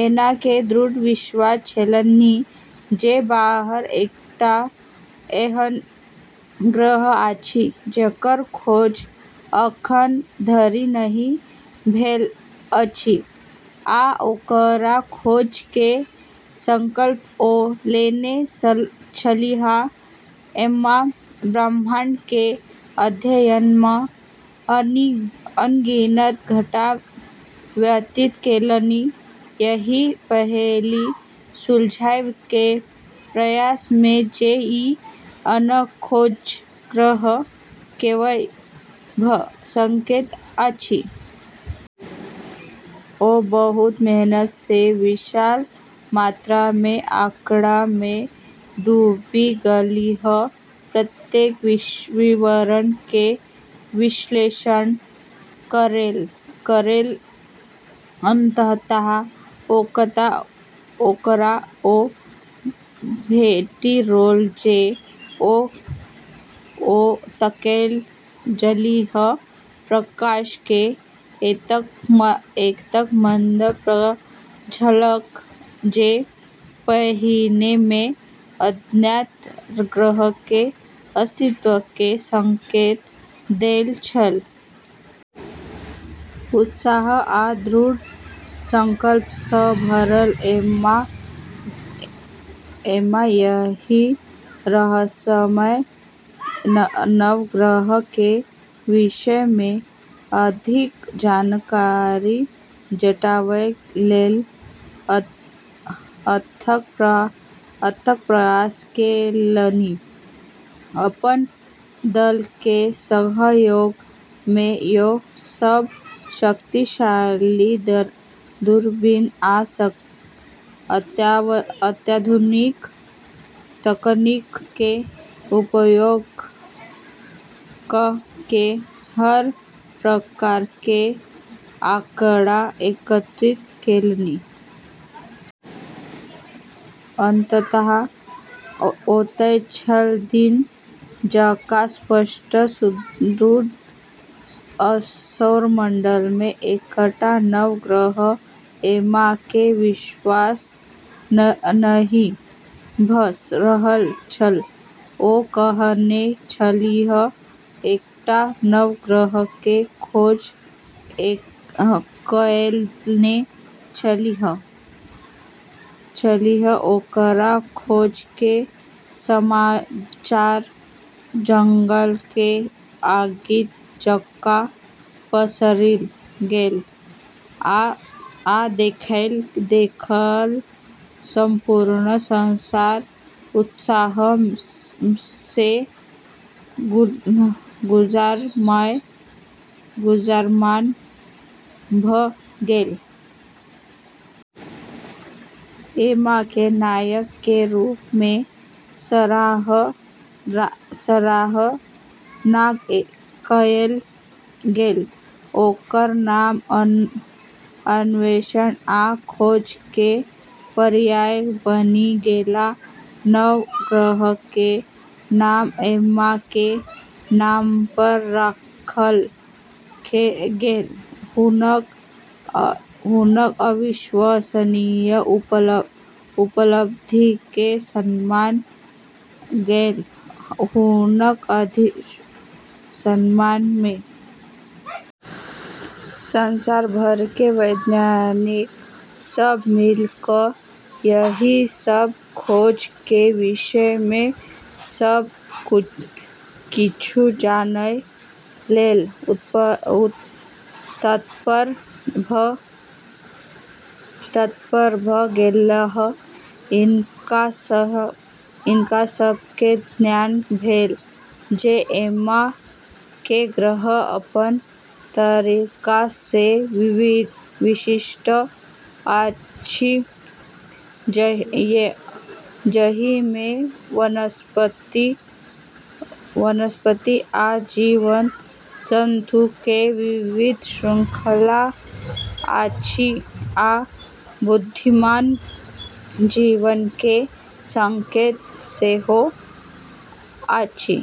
Emma के दृढ़ विश्वास छलन्हि जे बाहर एकटा एहन ग्रह अछि जकर खोज अखन धरि नहि भेल अछि आ ओकरा खोजय के संकल्प ओ लेने छलीह। एम्मा ब्रह्मांड के अध्ययन में अनगिनत घंटा व्यतीत केलनि, एहि पहेली के सुलझावय के प्रयास में जे ई अनखोज ग्रह कतय भऽ सकैत अछि। ओ बहुत मेहनत सँ विशाल मात्रा में आँकड़ामे डूबि गेलीह, प्रत्येक विवरण के विश्लेषण करैत-करैत, अंततः ओकरा ओ भेटि गेल जे ओ तकैत छलीह: प्रकाश के एकटा मंद झलक, जे पहिने सँ अज्ञात ग्रह के अस्तित्व के संकेत दैत छल। उत्साह आ दृढ़ संकल्प सँ भरल एम्मा एहि रहस्यमय नव ग्रह के विषय में अधिक जानकारी जुटावय लेल अथक प्रयास केलनि। अपन दल के सहयोग सँ ओ सब शक्तिशाली दूरबीन आ अत्याधुनिक तकनीक के उपयोग कऽ के हर प्रकार के आँकड़ा एकत्रित केलनि। अंततः, ओतय छल, दिन जकां स्पष्ट: सुदूर सौरमंडल में एकटा नव ग्रह। एम्मा के विश्वास नहि भऽ रहल छल। ओ कहने छलीह, एकटा नव ग्रह के खोज कएने छलीह। ओकर खोज के समाचार जंगल के आगि जकां पसरि गेल आ देखैत-देखैत संपूर्ण संसार उत्साह सँ गुंजायमान भऽ गेल। एम्मा के नायक के रूप में सराहना कएल गेल, ओकर नाम अन्वेषण आ खोज के पर्याय बनि गेल। नव ग्रह के नाम एम्मा के नाम पर राखल गेल, हुनक अविश्वसनीय उपलब्धि के सम्मान में। संसार भर के वैज्ञानिक सब मिल कऽ एहि नव खोज के विषय में सभ किछु जानय लेल तत्पर भऽ गेलाह। हुनका सब के ज्ञात भेल जे एम्मा के ग्रह अपन तरीका सँ विशिष्ट अछि, जहि में वनस्पति आ जीव-जन्तु के विविध श्रृंखला अछि, आ बुद्धिमान जीवन के संकेत सेहो अछि।